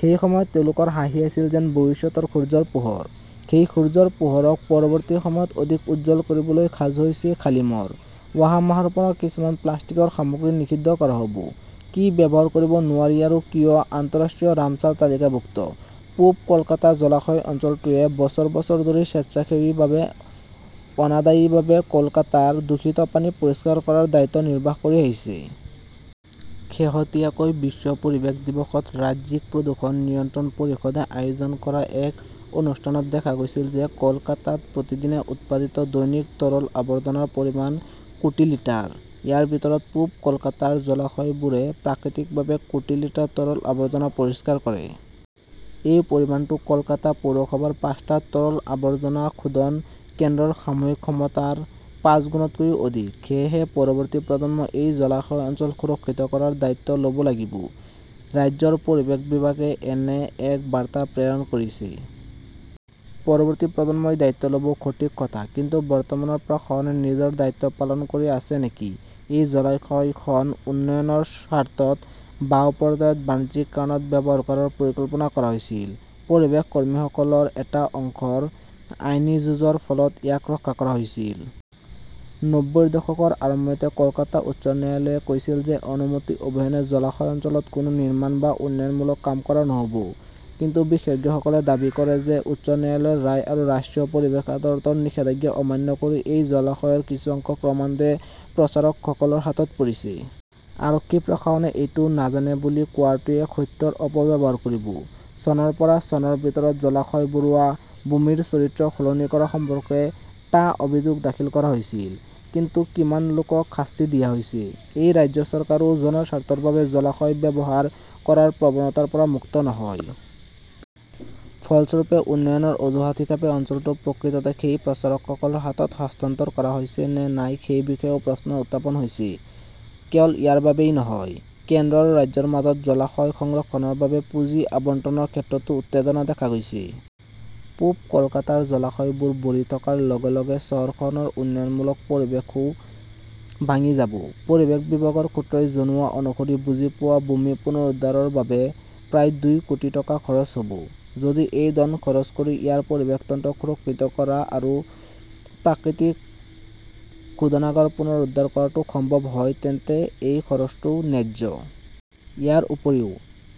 সেই সময়ত তেওঁলোকৰ হাঁহি আছিল যেন ভৱিষ্যতৰ সূৰ্যৰ পোহৰ। সেই সূৰ্যৰ পোহৰক পৰৱৰ্তী সময়ত অধিক উজ্জ্বল কৰিবলৈ সাজু হৈছে শালিমৰ। অহা মাহৰ পৰা কিছুমান প্লাষ্টিকৰ সামগ্ৰী নিষিদ্ধ কৰা হ "ব! কি ব্যৱহাৰ কৰিব নোৱাৰি আৰু কিয় আন্তঃৰাষ্ট্ৰীয় 'ৰামছাৰ তালিকাভুক্ত "পূব কলকাতা জলাশয় অঞ্চলটোৱে বছৰ বছৰ ধৰি স্বেচ্ছাসেৱীভাৱে অনাদায়ীভাৱে কলকাতাৰ দূষিত পানী পৰিষ্কাৰ কৰাৰ দায়িত্ব নিৰ্বাহ কৰি আহিছে। শেহতীয়াকৈ বিশ্ব পৰিৱেশ দিৱসত ৰাজ্যিক প্ৰদূষণ নিয়ন্ত্ৰণ পৰিষদে আয়োজন কৰা এক অনুষ্ঠানত দেখা গৈছিল যে কলকাতাত প্ৰতিদিনে উৎপাদিত দৈনিক তৰল আৱৰ্জনাৰ পৰিমাণ কোটি লিটাৰ। ইয়াৰ ভিতৰত পূব কলকাতাৰ জলাশয়বোৰে প্ৰাকৃতিকভাৱে কোটি লিটাৰ তৰল আৱৰ্জনা পৰিষ্কাৰ কৰে। এই পৰিমাণটো কলকাতা পৌৰসভাৰ পাঁচটা তৰল আৱৰ্জনা শোধন কেন্দ্ৰৰ সামূহিক ক্ষমতাৰ পাঁচগুণতকৈও অধিক। সেয়েহে, পৰৱৰ্তী প্ৰজন্মই এই জলাশয় অঞ্চল সুৰক্ষিত কৰাৰ দায়িত্ব ল "ব লাগিব, ৰাজ্যৰ পৰিৱেশ বিভাগে এনে এক বাৰ্তা প্ৰেৰণ কৰিছে। পৰৱৰ্তী প্ৰজন্মই দায়িত্ব ল "ব, সঠিক কথা। কিন্তু, বৰ্তমানৰ প্ৰশাসনে নিজৰ দায়িত্ব পালন কৰি আছে নেকি? এই জলাশয়খন 'উন্নয়নৰ স্বাৰ্থত "বাওঁ পৰ্যায়ত বাণিজ্যিক কাৰণত ব্যৱহাৰ কৰাৰ পৰিকল্পনা কৰা হৈছিল। পৰিৱেশ কৰ্মীসকলৰ এটা অংশৰ আইনী যুঁজৰ ফলত ইয়াক ৰক্ষা কৰা হৈছিল। নব্বৈৰ দশকৰ আৰম্ভণিতে কলকাতা উচ্চ ন্যায়ালয়ে কৈছিল যে অনুমতি অবিহনে জলাশয় অঞ্চলত কোনো নিৰ্মাণ বা উন্নয়নমূলক কাম কৰা নহ 'ব। কিন্তু বিশেষজ্ঞসকলে দাবী কৰে যে উচ্চ ন্যায়ালয়ৰ ৰায় আৰু ৰাষ্ট্ৰীয় পৰিৱেশ আদালতৰ নিষেধাজ্ঞা অমান্য কৰি এই জলাশয়ৰ কিছু অংশ ক্ৰমান্বয়ে প্ৰচাৰকসকলৰ হাতত পৰিছে। আৰক্ষী-প্ৰশাসনে এইটো নাজানে বুলি কোৱাটোৱে সত্যৰ অপব্যৱহাৰ কৰিব। চনৰ পৰা চনৰ ভিতৰত জলাশয় ভৰোৱা, ভূমিৰ চৰিত্ৰ সলনি কৰা সম্পৰ্কে টা অভিযোগ দাখিল কৰা হৈছিল। কিন্তু কিমান লোকক শাস্তি দিয়া হৈছে? এই ৰাজ্য চৰকাৰো 'জনস্বাৰ্থৰ বাবে জলাশয় ব্যৱহাৰ "কৰাৰ প্ৰৱণতাৰ পৰা মুক্ত নহয়। ফলস্বৰূপে, উন্নয়নৰ অজুহাত হিচাপে অঞ্চলটো প্ৰকৃততে সেই প্ৰচাৰকসকলৰ হাতত হস্তান্তৰ কৰা হৈছে নে নাই সেই বিষয়েও প্ৰশ্ন উত্থাপন হৈছে। কেৱল ইয়াৰ বাবেই নহয়, কেন্দ্ৰ আৰু ৰাজ্যৰ মাজত জলাশয় সংৰক্ষণৰ বাবে পুঁজি আবণ্টনৰ ক্ষেত্ৰতো উত্তেজনা দেখা গৈছে। পূব কলকাতাৰ জলাশয়বোৰ ভৰি থকাৰ লগে লগে চহৰখনৰ উন্নয়নমূলক পৰিৱেশও ভাঙি যাব। পৰিৱেশ বিভাগৰ সূত্ৰই জনোৱা অনুসৰি বুজি পোৱা ভূমি পুনৰুদ্ধাৰৰ বাবে প্ৰায় দুই কোটি টকা খৰচ হ "ব। যদি এই ধন খৰচ কৰি ইয়াৰ পৰিৱেশ তন্ত্ৰ সুৰক্ষিত কৰা আৰু প্ৰাকৃতিক শোধনাগাৰ পুনৰুদ্ধাৰ কৰাটো সম্ভৱ হয়, তেন্তে এই খৰচটো ন্যায্য। ইয়াৰ উপৰিও,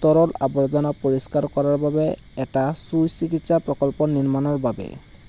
তৰল আৱৰ্জনা পৰিষ্কাৰ কৰাৰ বাবে এটা চুইচ চিকিৎসা প্ৰকল্প নিৰ্মাণৰ বাবে